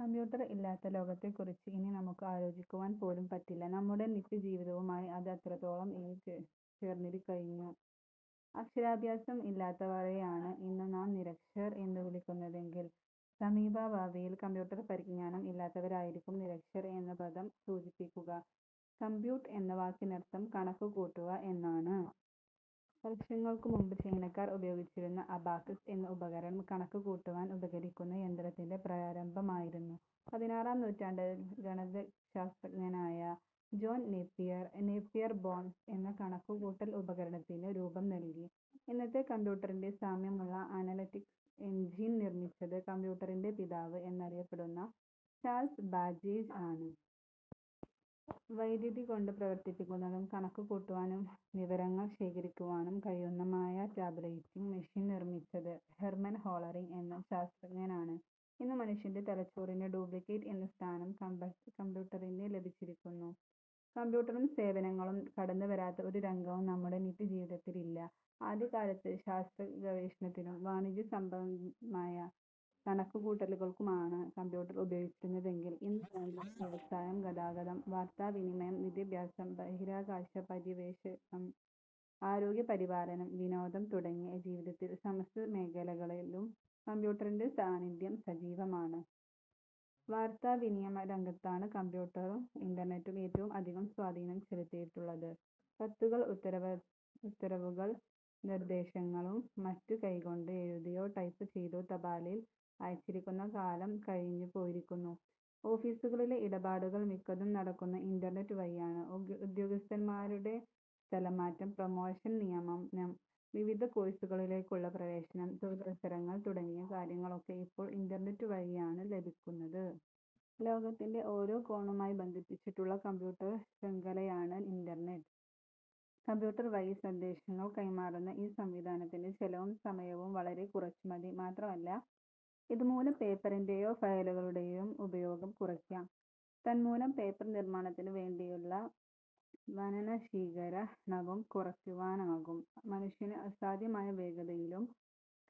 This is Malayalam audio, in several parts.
കമ്പ്യൂട്ടർ ഇല്ലാത്ത ലോകത്തെക്കുറിച്ച് ഇനി നമുക്ക് ആലോചിക്കുവാൻ പോലും പറ്റില്ല. നമ്മുടെ നിത്യജീവിതവുമായി അത് അത്രമാത്രം ഇഴു കിച്ചേർന്നുകഴിഞ്ഞു. അക്ഷരാഭ്യാസം ഇല്ലാത്തവരെയാണ് ഇന്നു നാം നിരക്ഷരർ എന്നുവിളിക്കുന്നതെങ്കിൽ സമീപഭാവിയിൽ കമ്പ്യൂട്ടർ പരിജ്ഞാനം ഇല്ലാത്തവരായിരിക്കും നിരക്ഷരർ എന്ന പദം സൂചിപ്പി ക്കുക. 'കമ്പ്യൂട്ട് എന്ന വാക്കിനർത്ഥം കണക്കുകൂട്ടുക എന്നാണ്. വർഷങ്ങൾക്കുമുമ്പ് ചൈനാക്കാർ ഉപയോഗിച്ചിരുന്ന "അബാക്കസ്' എന്ന ഉപകരണം കണക്കുകൂട്ടുവാൻ ഉപകരിക്കുന്ന യന്ത്രത്തിന്റെ പ്രാരംഭമായിരുന്നു. പതിനാറാം നൂറ്റാണ്ടിൽ ഗണിതശാസ്ത്രജ്ഞനായ ജോൺ നേപ്പിയർ, നേപ്പിയർ ബോൺസ് എന്ന കണക്കുകൂട്ടൽ ഉപക രണത്തിന് രൂപം നൽകി. ഇന്നത്തെ കമ്പ്യൂട്ടറിന്റെ സാമ്യമുള്ള അന ലറ്റിക്കൽ എൻജിൻ നിർമ്മിച്ചത് കമ്പ്യൂട്ടറിന്റെ പിതാവ് എന്നറിയപ്പെടുന്ന ചാൾസ് ബാബേജ് ആണ്. വൈദ്യുതികൊണ്ട് പ്രവർത്തിപ്പിക്കുന്നതും കണക്കുകൂട്ടുവാനും വിവരങ്ങൾ ശേഖരിച്ചുവയ്ക്കുവാനും കഴിയുന്നതു മായ ടാബുലേറ്റിങ് മെഷീൻ നിർമ്മിച്ചത് ഹെർമൻ ഹോളറിങ് എന്ന ശാസ്ത്രജ്ഞനാണ്. ഇന്നു മനുഷ്യന്റെ തലച്ചോറിന്റെ ഡ്യൂപ്ലിക്കേറ്റ് എന്ന സ്ഥാനം കമ്പ ട്ടറിനു ലഭിച്ചിരിക്കുന്നു. കമ്പ്യൂട്ടറും സേവനവും കടന്നുവരാത്ത ഒരു രംഗവും നമ്മുടെ നിത്യജീവിതത്തിൽ ഇല്ല. ആദ്യകാലത്ത് ശാസ്ത്ര ഗവേഷണത്തിനും വാണിജ്യസംബന്ധമായ കണക്കുകൂട്ടലുകൾക്കുമാണ് കമ്പ്യൂട്ടർ ഉപയോഗിച്ചിരുന്നതെങ്കിൽ ഇന്ന് ബാങ്കുകൾ, വ്യവസായം, ഗതാഗതം, വാർത്താവിനിമയം, വിദ്യാഭ്യാസം, ബഹിരാകാശ പര്യവേക്ഷ ണം, ആരോഗ്യപരിപാലനം, വിനോദം തുടങ്ങി ജീവിതത്തിന്റെ സമസ്ത മേഖല കളിലും കമ്പ്യൂട്ടറിന്റെ സാന്നിധ്യം സജീവമാണ്. വാർത്താവിനിമയരംഗത്താണ് കമ്പ്യൂട്ടറും ഇന്റർനെറ്റും ഏറ്റവും അധികം സ്വാധീനം ചെലുത്തിയിട്ടുള്ളത്. കത്തുകളും ഉത്തരവുകളും നിർദ്ദേശങ്ങളും മറ്റും കൈകൊണ്ട് എഴുതിയോ ടൈപ്പ് ചെയ്താ തപാലിൽ അയച്ചിരുന്ന കാലം കഴിഞ്ഞുപോയിരിക്കുന്നു. ഓഫീസു കളിലെ ഇടപാടുകൾ മിക്കതും നടക്കുന്നത് ഇന്റർനെറ്റ് വഴിയാണ്. ഉദ്യോഗസ്ഥന്മാരുടെ സ്ഥലംമാറ്റം, പ്രൊമോഷൻ, നിയമനം, വിവിധ കോഴ്സുകളിലേക്കുള്ള പ്രവേശനം, തൊഴിലവസരങ്ങൾ തുടങ്ങിയ കാര്യങ്ങളൊക്കെ ഇപ്പോൾ ഇന്റർനെറ്റ് വഴിയാണ് ലഭിക്കുന്നത്. ലോകത്തിന്റെ ഓരോ കോണുമായി ബന്ധിച്ചിട്ടുള്ള കമ്പ്യൂട്ടർ ശൃംഖ ലയാണ് ഇന്റർനെറ്റ്. കമ്പ്യൂട്ടർ വഴി സന്ദേശങ്ങൾ കൈമാറുന്ന ഈ സംവിധാനത്തിന് ചെലവും സമയവും വളരെ കുറച്ചുമതി. മാത്രമല്ല, ഇതുമൂലം പേപ്പറിന്റെയും ഫയലുകളുടെയും ഉപയോഗവും കുറ യ്ക്കാം. തന്മൂലം പേപ്പർനിർമ്മാണത്തിനുവേണ്ടിയുള്ള വനനശീകര ണവും കുറയ്ക്കുവാനാകും. മനുഷ്യന് അസാധ്യമായ വേഗതയിലും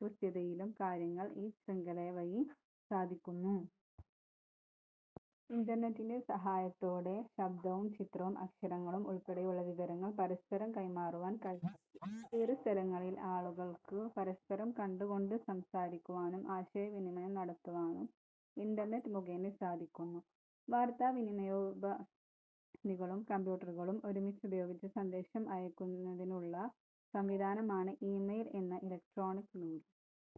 കൃത്യതയിലും കാര്യങ്ങൾ ഈ ശൃംഖല വഴി സാധിക്കുന്നു. ഇന്റർനെറ്റിന്റെ സഹായത്തോടെ ശബ്ദവും ചിത്രവും അക്ഷരങ്ങളും ഉൾപ്പെടെയുള്ള വിവരങ്ങൾ പരസ്പരം കൈമാറുവാൻ കഴിയും. വിദൂരസ്ഥലങ്ങളിലുള്ള ആളുകൾക്കു പരസ്പരം കണ്ടുകൊണ്ടു സംസാ രിക്കുവാനും ആശയ വിനിമയം നടത്തുവാനും ഇന്റർനെറ്റ് മുഖേന സാധിക്കുന്നു. വാർത്താവിനിമയോപാധികളും കമ്പ്യൂട്ടറുകളും ഒരുമിച്ചു പയോഗിച്ച് സന്ദേശം അയ യ്ക്കുന്നതിനുളള സംവിധാനമാണ് ഇമെയിൽ എന്ന ഇലക്ട്രോണിക് മെയിൽ.